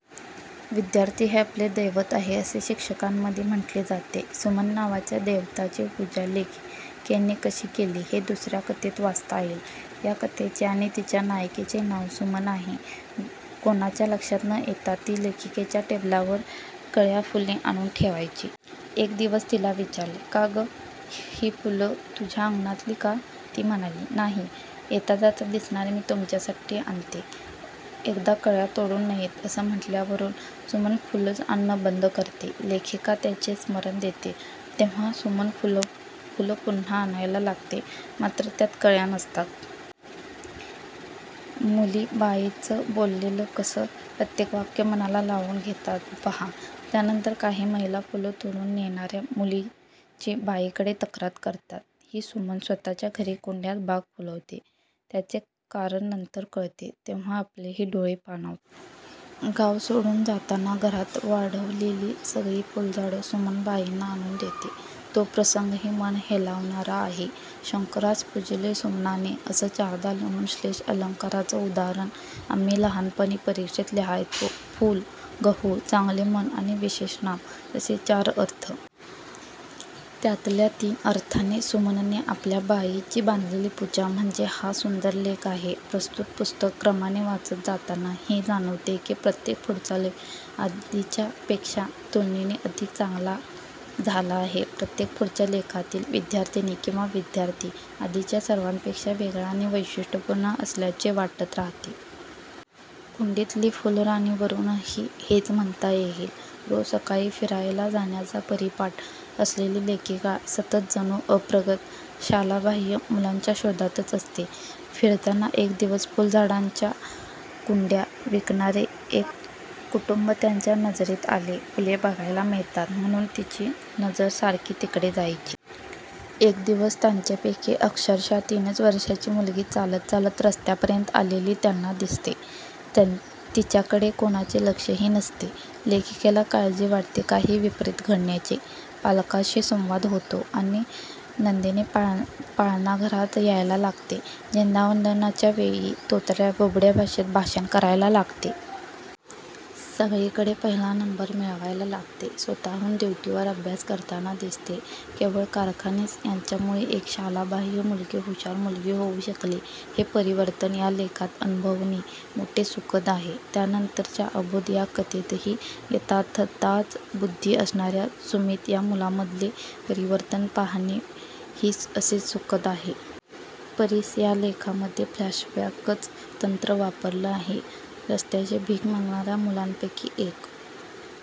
विद्यार्थी हे आपले दैवत आहे असे शिक्षकांमध्ये म्हटले जाते. सुमन नावाच्या दैवताची पूजा लेखिकेने कशी केली हे दुसऱ्या कथेत वाचता येईल. या कथेचे आणि तिच्या नायिकेचे नाव सुमन आहे. कुणाच्या लक्षात न येता ती लेखिकेच्या टेबलावर कळ्या, फुले आणून ठेवायची. एक दिवस तिला विचारले, का गं, ही फुलं तुझ्या अंगणातली का? ती म्हणाली, नाही, येता जाता दिसणारी मी तुमच्यासाठी आणते. एकदा कळ्या तोडू नयेत असं म्हणाल्यावरून सुमन फुलंच आणणं बंद करते. लेखिका त्याचे स्मरण देते तेव्हा सुमन फुलं पुन्हा आणायला लागते मात्र त्यात कळ्या नसतात. मुली बाईंचं बोललेलं कसं प्रत्येक वाक्य मनाला लावून घेतात पहा. त्यानंतर काही महिला फुलं तोडून नेणाऱ्या मुलींची बाईंकडे तक्रार करतात. ही सुमन स्वतःच्या घरी कुंड्यात बाग फुलवते. त्याचे कारण नंतर कळते. तेव्हा आपलेही डोळे पाणाव गाव सोडून जाताना घरात वाढवलेली सगळी फुलझाडं सुमन बाईंना आणून देते तो प्रसंगही मन हेलावणारा आहे. शंकरास पूजिले सुमनाने असं चारदा लिहून श्लेष अलंकाराचं उदाहरण आम्ही लहानपणी परीक्षेत लिहायचो. फूल, गहू, चांगले मन आणि विशेषनाम असे चार अर्थ. त्यातल्या तीन अर्थांनी सुमनने आपल्या बाईंची बांधलेली पूजा म्हणजे हा सुंदर लेख आहे. प्रस्तुत पुस्तक क्रमाने वाचत जाताना हे जाणवते की प्रत्येक पुढचा लेख आधीच्यापेक्षा तुलनेने अधिक चांगला झाला आहे. प्रत्येक पुढच्या लेखातली विद्यार्थिनी किंवा विद्यार्थी आधीच्या सर्वांपेक्षा वेगळा आणि वैशिष्ट्यपूर्ण असल्याचे वाटत राहते. कुंडीतली फुलराणीवरूनही हेच म्हणता येईल. रोज सकाळी फिरायला जाण्याचा परिपाठ असलेली लेखिका सतत जणू अप्रगत, शालाबाह्य मुलांच्या शोधातच असते. फिरताना एक दिवस फुलझाडांच्या कुंड्या विकणारे एक कुटुंब त्यांच्या नजरेत आले. फुले बघायला मिळतात म्हणून तिची नजर सारखी तिकडे जायची. एक दिवस त्यांच्यापैकी अक्षरशः तीनच वर्षांची मुलगी चालत चालत रस्त्यापर्यंत आलेली त्यांना दिसते. त्यानं तिच्याकडे कोणाचे लक्षही नसते. लेखिकेला काळजी वाटते काही विपरीत घडण्याची. पालकांशी संवाद होतो आणि नंदिनी पाळणाघरात यायला लागते. झेंडावंदनाच्या वेळी तोतऱ्या, बोबड्या भाषेत भाषण करायला लागते. सगळीकडे पहिला नंबर मिळवायला लागते. स्वतःहून दिवटीवर अभ्यास करताना दिसते. केवळ कारखानीस यांच्यामुळे एक शालाबाह्य मुलगी हुषार मुलगी होऊ शकली. हे परिवर्तन या लेखात अनुभवणे मोठे सुखद आहे. त्यानंतरच्या अबोध या कथेतही यथातथाच बुद्धी असणाऱ्या सुमित या मुलामधले परिवर्तन पाहणेही असेच सुखद आहे. परीस या लेखामध्ये फ्लॅशबॅकचं तंत्र वापरलं आहे. रस्त्याचच्या भीक मागणाऱ्या मुलांपैकी एक.